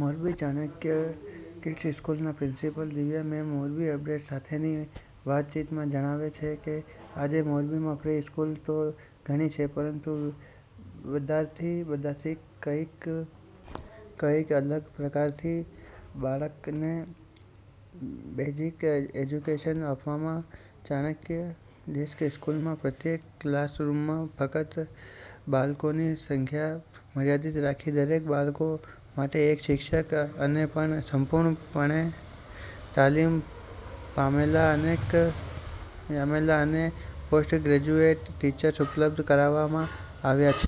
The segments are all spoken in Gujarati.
મોરબી ચાણક્ય કિડસ સ્કૂલના principal Divya ma'am Morbi Update સાથેની વાતચીતમાં જણાવે છે કે આજે મોરબીમાં પ્રિ સ્કૂલ તો ઘણી છે પરંતુબધાથી કઈક અલગપ્રકારથી બાળકને બેઝિક એજ્યુકેશન આપવા ચાણક્ય કિડ્સ સ્કૂલમાં પ્રત્યેક કલાસરૂમમાં ફક્ત બાળકોની સંખ્યા મર્યાદિત રાખી દરેક બાળકો માટે એક શિક્ષક અનેપણ સંપૂર્ણ પણે તાલીમ પામેલા અને પોસ્ટ ગ્રેજ્યુએટ ટીચર્સ ઉપલબ્ધ કરાવવામાં આવ્યા છે.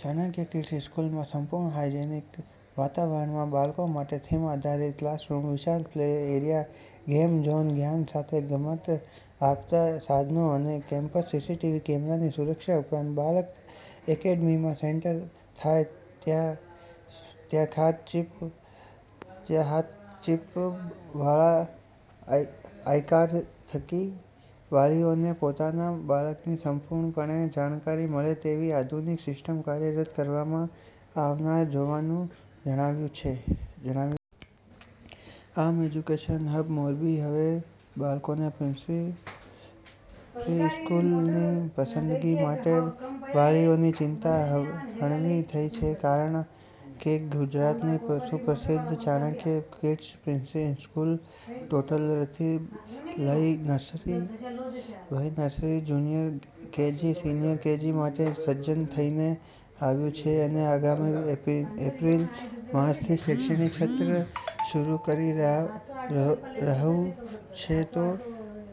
ચાણક્ય કિડ્સ સ્કૂલમાં સંપૂર્ણ હાઈજીનીક વાતાવરણમાં બાળકો માટે થીમ આધારિત કલાસરૂમ, વિશાળ પ્લે એરિયા, ગેમ ઝોન, જ્ઞાન સાથે ગમ્મત આપતા સાધનો અને કેમ્પસને સીસીટીવી કેમેરાની સુરક્ષા ઉપરાંત બાળક એકેડમીમાં એન્ટર થાય ત્યાંખાસ ચિપ વાળા આઈકાર્ડ થકી વાલીઓને પોતાના બાળકની સંપૂર્ણપણે જાણકારી મળે તેવી આધુનિક સિસ્ટમ કાર્યરત કરવામાં આવનાર હોવાનું જણાવ્યું હતું. આમ, એજ્યુકેશન હબ મોરબીમાં હવે બાળકોને પ્રિસ્કૂલની પસંદગી માટે વાલીઓની ચિંતા હળવી થઈ છે કારણ કે ગુજરાતની સુપ્રસિદ્ધ ચાણક્ય કીડસ્ પ્રિ સ્કૂલ ટોડલરથી લઈ nursery, junior KG, senior KG માટે સજ્જ થઈને આવ્યું છે અને આગામી એપ્રિલ માસથી શૈક્ષણિક સત્ર શરૂ કરી રહ્યું છે તો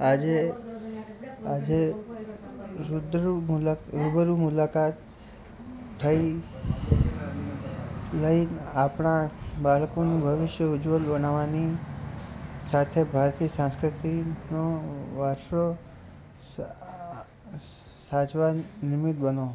આજેરૂબરૂ મુલાકાત લઈ આપના બાળકનું ભવિષ્ય ઉજ્જવળ બનાવવાની સાથે ભારતીય સંસ્કૃતિનો વારસો સાચવવા નિમિત્ત બનો.